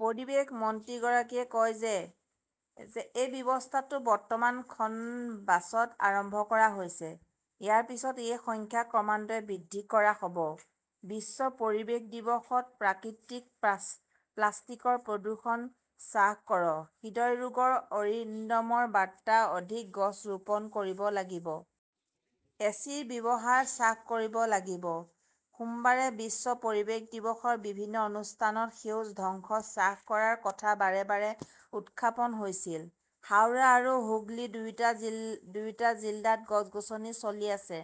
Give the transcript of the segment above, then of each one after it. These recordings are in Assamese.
পৰিৱেশ মন্ত্ৰীগৰাকীয়ে কয় যে এই ব্যৱস্থাটো বৰ্তমান খন বাছত আৰম্ভ কৰা হৈছে। ইয়াৰ পিছত এই সংখ্যা ক্ৰমান্বয়ে বৃদ্ধি কৰা হ "ব। বিশ্ব পৰিৱেশ দিৱসত প্ৰাকৃতিক প্লাষ্টিকৰ প্ৰদূষণ হ্ৰাস কৰক, হৃদৰোপৰৰ অৰিণ্ডমৰ বাৰ্তা অধিক গছ ৰোপণ কৰিব লাগিব। এচিৰ ব্যৱহাৰ হ্ৰাস কৰিব লাগিব। সোমবাৰে বিশ্ব পৰিৱেশ দিৱসৰ বিভিন্ন অনুষ্ঠানত সেউজ ধ্বংস হ্ৰাস কৰাৰ কথা বাৰে বাৰে উত্থাপন হৈছিল। হাওৰা আৰু হুগলী দুয়োটা জিলাত গছ-গছনি চলি আছে।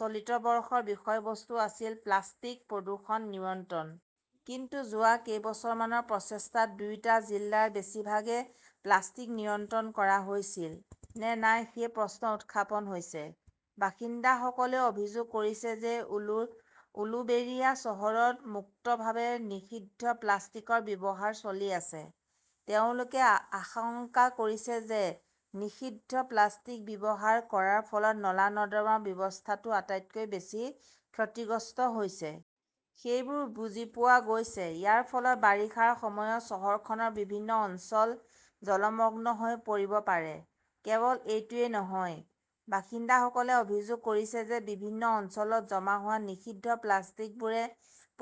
চলিত বৰ্ষৰ বিষয়বস্তু আছিল 'প্লাষ্টিক প্ৰদূষণ নিয়ন্ত্ৰণ "। কিন্তু যোৱা কেইবছৰমানৰ প্ৰচেষ্টাত দুয়োটা জিলাৰ বেছিভাগতে প্লাষ্টিক নিয়ন্ত্ৰণ কৰা হৈছিল নে নাই সেই প্ৰশ্ন উত্থাপন হৈছে। বাসিন্দাসকলে অভিযোগ কৰিছে যে উলুবেৰিয়া চহৰত মুক্তভাৱে নিষিদ্ধ প্লাষ্টিকৰ ব্যৱহাৰ চলি আছে। তেওঁলোকে আশংকা কৰিছে যে নিষিদ্ধ প্লাষ্টিক ব্যৱহাৰ কৰাৰ ফলত নলা-নৰ্দমা ব্যৱস্থাটো আটাইতকৈ বেছি ক্ষতিগ্ৰস্ত হৈছে। সেইবোৰ বুজি পোৱা গৈছে। ইয়াৰ ফলত বাৰিষাৰ সময়ত চহৰখনৰ বিভিন্ন অঞ্চল জলমগ্ন হৈ পৰিব পাৰে। কেৱল এইটোৱেই নহয়, বাসিন্দাসকলে অভিযোগ কৰিছে যে বিভিন্ন অঞ্চলত জমা হোৱা নিষিদ্ধ প্লাষ্টিকবোৰে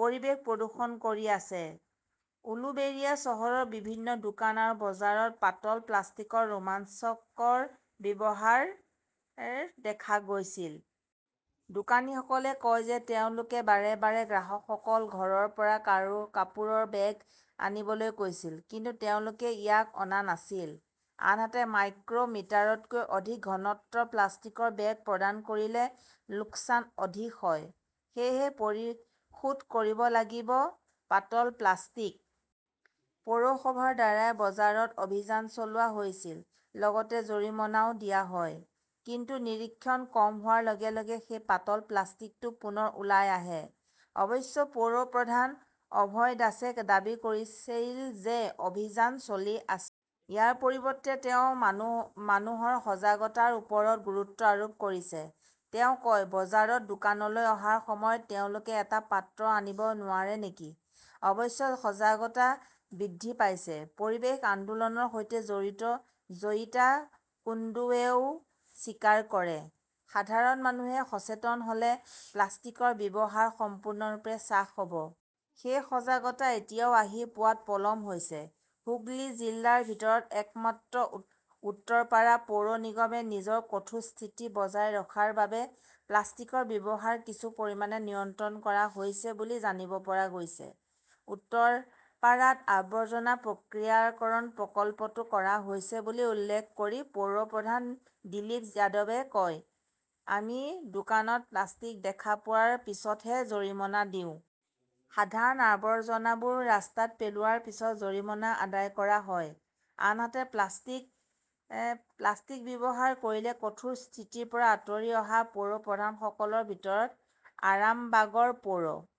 পৰিৱেশ প্ৰদূষণ কৰি আছে। উলুবেৰিয়া চহৰৰ বিভিন্ন দোকান আৰু বজাৰত পাতল প্লাষ্টিকৰ ৰোমাঞ্চকৰ ব্যৱহাৰ দেখা গৈছিল। দোকানীসকলে কয় যে তেওঁলোকে বাৰে বাৰে গ্ৰাহকসকলক ঘৰৰ পৰা কাপোৰৰ বেগ আনিবলৈ কৈছিল। কিন্তু তেওঁলোকে ইয়াক অনা নাছিল। আনহাতে, মাইক্ৰ "মিটাৰতকৈ অধিক ঘনত্বৰ প্লাষ্টিকৰ বেগ প্ৰদান কৰিলে লোকচান অধিক হয়। সেয়েহে পৰিশোধ কৰিব লাগিব পাতল প্লাষ্টিক। পৌৰসভাৰ দ্বাৰা বজাৰত অভিযান চলোৱা হৈছিল। লগতে জৰিমনাও দিয়া হয়। কিন্তু নিৰীক্ষণ কম হোৱাৰ লগে লগে সেই পাতল প্লাষ্টিকটো পুনৰ ওলাই আহে। অৱশ্যে পৌৰ প্ৰধান অভয় দাসে দাবী কৰিছিল যে অভিযান চলি আছে। ইয়াৰ পৰিৱৰ্তে তেওঁ মানুহৰ সজাগতাৰ ওপৰত গুৰুত্ব আৰোপ কৰিছে। তেওঁ কয়, "বজাৰত দোকানলৈ অহাৰ সময়ত তেওঁলোকে এটা পাত্ৰ আনিব নোৱাৰে নেকি? অৱশ্যে সজাগতা বৃদ্ধি পাইছে। "পৰিৱেশ আন্দোলনৰ সৈতে জড়িত জয়িতা কুন্দুৱেও স্বীকাৰ কৰে", সাধাৰণ মানুহে সচেতন হ "লে প্লাষ্টিকৰ ব্যৱহাৰ সম্পূৰ্ণৰূপে হ্ৰাস হ" ব। সেই সজাগতা এতিয়াও আহি পোৱাত পলম হৈছে। "হুগলী জিলাৰ ভিতৰত একমাত্ৰ উত্তৰপাৰা পৌৰ নিগমে নিজৰ কঠোৰ স্থিতি বজাই ৰখাৰ বাবে প্লাষ্টিকৰ ব্যৱহাৰ কিছু পৰিমাণে নিয়ন্ত্ৰণ কৰা হৈছে বুলি জানিব পৰা গৈছে। উত্তৰপাৰাত আৱৰ্জনা প্ৰক্ৰিয়াকৰণ প্ৰকল্পটো কৰা হৈছে বুলি উল্লেখ কৰি পৌৰ প্ৰধান দিলীপ যাদৱে কয়, "আমি দোকানত প্লাষ্টিক দেখা পোৱাৰ পিছতহে জৰিমনা দিওঁ। সাধাৰণ আৱৰ্জনাবোৰ ৰাস্তাত পেলোৱাৰ পিছতো জৰিমনা আদায় কৰা হয়। "আনহাতে, প্লাষ্টিক্স ব্যৱহাৰ কৰিলে কঠোৰ স্থিতিৰ পৰা আঁতৰি অহা পৌৰ প্ৰধানসকলৰ ভিতৰত আৰামবাগৰ পৌৰ